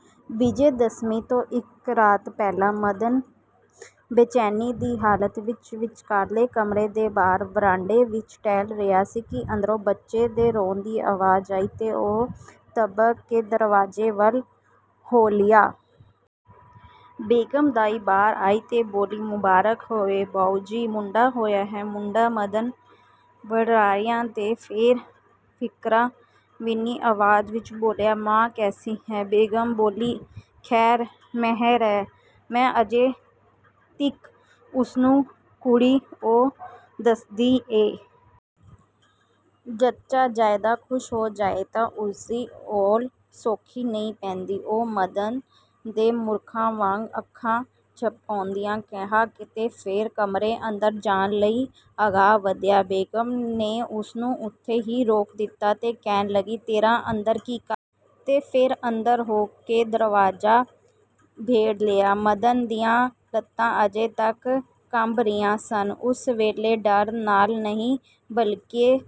' ਵਿਜੈ ਦਸਵੀਂ ਤੋਂ ,ਇਕ ਰਾਤ ਪਹਿਲਾਂ, ਮਦਨ ਬੇਚੈਨੀ ਦੀ ਹਾਲਤ ਵਿਚ ਵਿਚਕਾਰਲੇ ਕਮਰੇ ਦੇ ਬਾਹਰ ਵਰਾਂਡੇ ਵਿਚ ਟਹਿਲ ਰਿਹਾ ਸੀ ਕਿ ਅੰਦਰੋਂ ਬੱਚੇ ਦੇ ਰੋਣ ਦੀ ਆਵਾਜ਼ ਆਈ ਤੇ ਉਹ ਤ੍ਰਬਕ ਕੇ ਦਰਵਾਜ਼ੇ ਵੱਲ ਹੋਂ ਲਿਆ। ਬੇਗਮ ਦਾਈ ਬਾਹਰ ਆਈ ਤੇ ਬੋਲੀ-"ਮੁਬਾਰਕ ਹੋਵੇ ਬਾਊਜੀ, ਮੁੰਡਾ ਹੋਇਆ ਏ। " "ਮੁੰਡਾ? " ਮਦਨ ਬੜਰਾਇਆ ਤੇ ਫੇਰ ਫਿਕਰਾਂ ਵਿੰਨ੍ਹੀ ਆਵਾਜ਼ ਵਿਚ ਬੋਲਿਆ-"ਮਾਂ ਕੈਸੀ ਹੈ? " ਬੇਗਮ ਬੋਲੀ-"ਖ਼ੈਰ ਮਿਹਰ ਹੈ, ਮੈਂ ਅਜੇ ਤੀਕ ਉਸਨੂੰ ਕੁੜੀ ਓ ਦੱਸੀ ਏ। ਜੱਚਾ ਜ਼ਿਆਦਾ ਖੁਸ਼ ਹੋ ਜਾਏ ਤਾਂ ਉਸਦੀ ਔਲ ਸੌਖੀ ਨਹੀਂ ਪੈਂਦੀ। " "ਓ… " ਮਦਨ ਨੇ ਮੂਰਖਾਂ ਵਾਂਗ ਅੱਖਾਂ ਝਪਕਾਉਂਦਿਆਂ ਕਿਹਾ ਤੇ ਫੇਰ ਕਮਰੇ ਅੰਦਰ ਜਾਣ ਲਈ ਅਗਾਂਹ ਵਧਿਆ। ਬੇਗਮ ਨੇ ਉਸਨੂੰ ਉੱਥੇ ਹੀ ਰੋਕ ਦਿਤਾ ਤੇ ਕਹਿਣ ਲੱਗੀ- "ਤੇਰਾ ਅੰਦਰ ਕੀ ਕੰਮ? " ਤੇ ਫੇਰ ਅੰਦਰ ਹੋ ਕੇ ਦਰਵਾਜ਼ਾ ਭੇੜ ਲਿਆ। ਮਦਨ ਦੀਆਂ ਲੱਤਾਂ ਅਜੇ ਤਕ ਕੰਬ ਰਹੀਆਂ ਸਨ। ਉਸ ਵੇਲੇ ਡਰ ਨਾਲ ਨਹੀਂ ਬਲਿਕੇ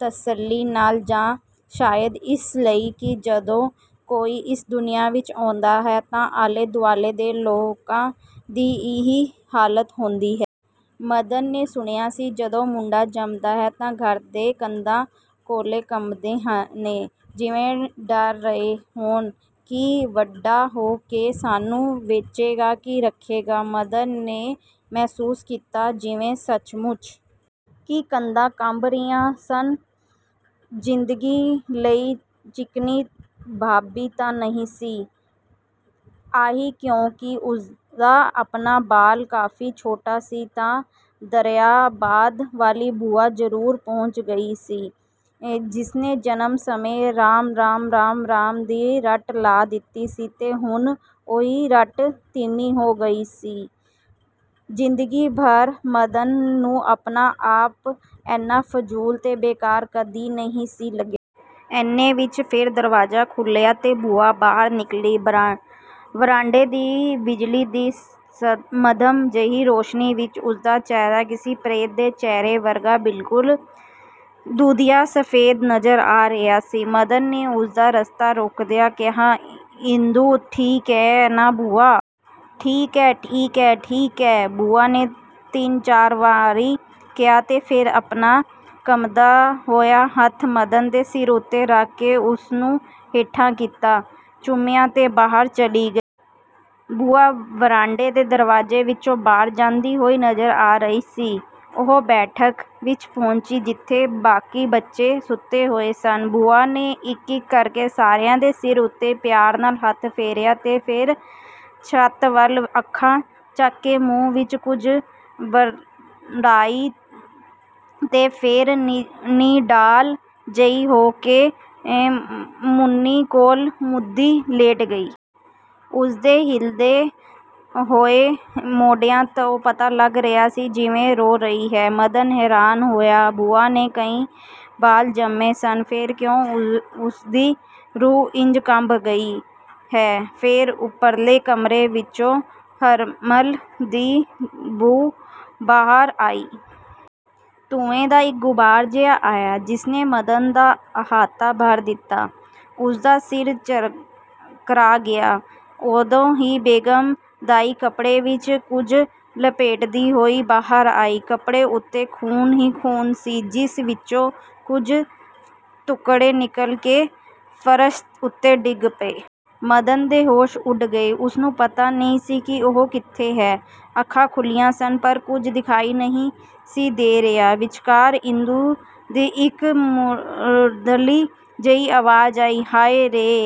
ਤਸੱਲੀ ਨਾਲ ਜਾਂ ਸ਼ਾਇਦ ਇਸ ਲਈ ਕਿ ਜਦੋਂ ਕੋਈ ਇਸ ਦੁਨੀਆਂ ਵਿਚ ਆਉਂਦਾ ਹੈ ਤਾਂ ਆਲੇ ਦੁਆਲੇ ਦੇ ਲੋਕਾਂ ਦੀ ਇਹੀ ਹਾਲਤ ਹੁੰਦੀ ਹੈ। ਮਦਨ ਨੇ ਸੁਣਿਆ ਸੀ, ਜਦੋਂ ਮੁੰਡਾ ਜੰਮਦਾ ਹੈ ਤਾਂ ਘਰ ਦੇ ਕੰਧਾਂ ਕੌਲੇ ਕੰਬਦੇ ਨੇ। ਜਿਵੇਂ ਡਰ ਰਹੇ ਹੋਣ ਕਿ ਵੱਡਾ ਹੋ ਕੇ ਸਾਨੂੰ ਵੇਚੇਗਾ ਕਿ ਰੱਖੇਗਾ। ਮਦਨ ਨੇ ਮਹਿਸੂਸ ਕੀਤਾ, ਜਿਵੇਂ ਸੱਚਮੁੱਚ ਕੀ ਕੰਧਾਂ ਕੰਬ ਰਹੀਆਂ ਸਨ? ਜਿੰਦਗੀ ਲਈ ਚਿਕਨੀ ਭਾਬੀ ਤਾਂ ਨਹੀਂ ਸੀ... ਆਈ ਕਿਉਂਕਿ ਉਸਦਾ ਆਪਣਾ ਬਾਲ ਕਾਫੀ ਛੋਟਾ ਸੀ-ਤਾਂ ਦਰਿਆਬਾਦ ਵਾਲੀ ਭੂਆ ਜ਼ਰੂਰ ਪਹੁੰਚ ਗਈ ਸੀ, ਜਿਸਨੇ ਜਨਮ ਸਮੇਂ 'ਰਾਮ–ਰਾਮ, ਰਾਮ–ਰਾਮ' ਦੀ ਰਟ ਲਾ ਦਿਤੀ ਸੀ ਤੇ ਹੁਣ ਉਹੀ ਰਟ ਧੀਮੀ ਹੋ ਗਈ ਸੀ… ਜ਼ਿੰਦਗੀ ਭਰ ਮਦਨ ਨੂੰ ਆਪਣਾ ਆਪ ਏਨਾ ਫਜ਼ੂਲ ਤੇ ਬੇਕਾਰ ਕਦੀ ਨਹੀਂ ਸੀ ਲੱਗਿਆ। ਏਨੇ ਵਿਚ ਫੇਰ ਦਰਵਾਜ਼ਾ ਖੁੱਲ੍ਹਿਆ ਤੇ ਭੂਆ ਬਾਹਰ ਨਿਕਲੀ। ਵਰਾਂਡੇ ਦੀ ਬਿਜਲੀ ਦੀ ਮੱਧਮ ਜਿਹੀ ਰੌਸ਼ਨੀ ਵਿਚ ਉਸਦਾ ਚਿਹਰਾ ਕਿਸੇ ਪ੍ਰੇਤ ਦੇ ਚਿਹਰੇ ਵਰਗਾ-ਬਿਲਕੁਲ ਦੁਧੀਆ–ਸਫ਼ੇਦ- ਨਜ਼ਰ ਆ ਰਿਹਾ ਸੀ। ਮਦਨ ਨੇ ਉਸਦਾ ਰਸਤਾ ਰੋਕਦਿਆਂ ਕਿਹਾ- "ਇੰਦੂ ਠੀਕ ਏ ਨਾ ਭੂਆ? " "ਠੀਕ ਐ, ਠੀਕ ਐ, ਠੀਕ ਐ… " ਭੂਆ ਨੇ ਤਿੰਨ ਚਾਰ ਵਾਰੀ ਕਿਹਾ ਤੇ ਫੇਰ ਆਪਣਾ ਕੰਬਦਾ ਹੋਇਆ ਹੱਥ ਮਦਨ ਦੇ ਸਿਰ ਉੱਤੇ ਰੱਖ ਕੇ ਉਸਨੂੰ ਹੇਠਾਂ ਕੀਤਾ, ਚੁੰਮਿਆਂ ਤੇ ਬਾਹਰ ਚਲੀ ਗਈ। ਭੂਆ ਵਰਾਂਡੇ ਦੇ ਦਰਵਾਜ਼ੇ ਵਿਚੋਂ ਬਾਹਰ ਜਾਂਦੀ ਹੋਈ ਨਜ਼ਰ ਆ ਰਹੀ ਸੀ। ਉਹ ਬੈਠਕ ਵਿਚ ਪਹੁੰਚੀ, ਜਿੱਥੇ ਬਾਕੀ ਬੱਚੇ ਸੁੱਤੇ ਹੋਏ ਸਨ। ਭੂਆ ਨੇ ਇਕ ਇਕ ਕਰਕੇ ਸਾਰਿਆਂ ਦੇ ਸਿਰ ਉੱਤੇ ਪਿਆਰ ਨਾਲ ਹੱਥ ਫੇਰਿਆ ਤੇ ਫੇਰ ਛੱਤ ਵੱਲ ਅੱਖਾਂ ਚੱਕ ਕੇ ਮੂੰਹ ਵਿਚ ਕੁਝ ਬਰੜਾਈ ਤੇ ਫੇਰ ਨਿਢਾਲ ਜਿਹੀ ਹੋ ਕੇ ਮੁੰਨੀ ਕੋਲ ਮੂਧੀ ਲੇਟ ਗਈ। ਉਸਦੇ ਹਿੱਲਦੇ ਹੋਏ ਮੋਢਿਆਂ ਤੋਂ ਪਤਾ ਲੱਗ ਰਿਹਾ ਸੀ ਜਿਵੇਂ ਰੋ ਰਹੀ ਹੈ। ਮਦਨ ਹੈਰਾਨ ਹੋਇਆ! ਭੂਆ ਨੇ ਕਈ ਬਾਲ ਜੰਮੇ ਸਨ ਫੇਰ ਕਿਉਂ ਉਸਦੀ ਰੂਹ ਇੰਜ ਕੰਬ ਗਈ ਹੈ…? ਫੇਰ ਉਪਰਲੇ ਕਮਰੇ ਵਿਚੋਂ ਹਰਮਲ ਦੀ ਬੂ ਬਾਹਰ ਆਈ। ਧੂੰਏ ਦਾ ਇਕ ਗੁਬਾਰ ਜਿਹਾ ਆਇਆ, ਜਿਸਨੇ ਮਦਨ ਦਾ ਅਹਾਤਾ ਭਰ ਦਿਤਾ। ਉਸਦਾ ਸਿਰ ਚਕਰਾ ਗਿਆ। ਉਦੋਂ ਹੀ ਬੇਗਮ ਦਾਈ ਕਪੜੇ ਵਿਚ ਕੁਝ ਲਪੇਟਦੀ ਹੋਈ ਬਾਹਰ ਆਈ। ਕਪੜੇ ਉੱਤੇ ਖ਼ੂਨ ਹੀ ਖ਼ੂਨ ਸੀ, ਜਿਸ ਵਿਚੋਂ ਕੁਝ ਤੁਪਕੇ ਨਿਕਲ ਕੇ ਫਰਸ਼ ਉੱਤੇ ਡਿੱਗ ਪਏ। ਮਦਨ ਦੇ ਹੋਸ਼ ਉੱਡ ਗਏ। ਉਸਨੂੰ ਪਤਾ ਨਹੀਂ ਸੀ ਕਿ ਉਹ ਕਿੱਥੇ ਹੈ! ਅੱਖਾਂ ਖੁੱਲ੍ਹੀਆਂ ਸਨ, ਪਰ ਕੁਝ ਦਿਖਾਈ ਨਹੀਂ ਸੀ ਦੇ ਰਿਹਾ। ਵਿਚਕਾਰ ਇੰਦੂ ਦੀ ਇਕ ਮੁਰਦਲੀ ਜਿਹੀ ਆਵਾਜ਼ ਆਈ-"ਹਾਏ..ਰੇ।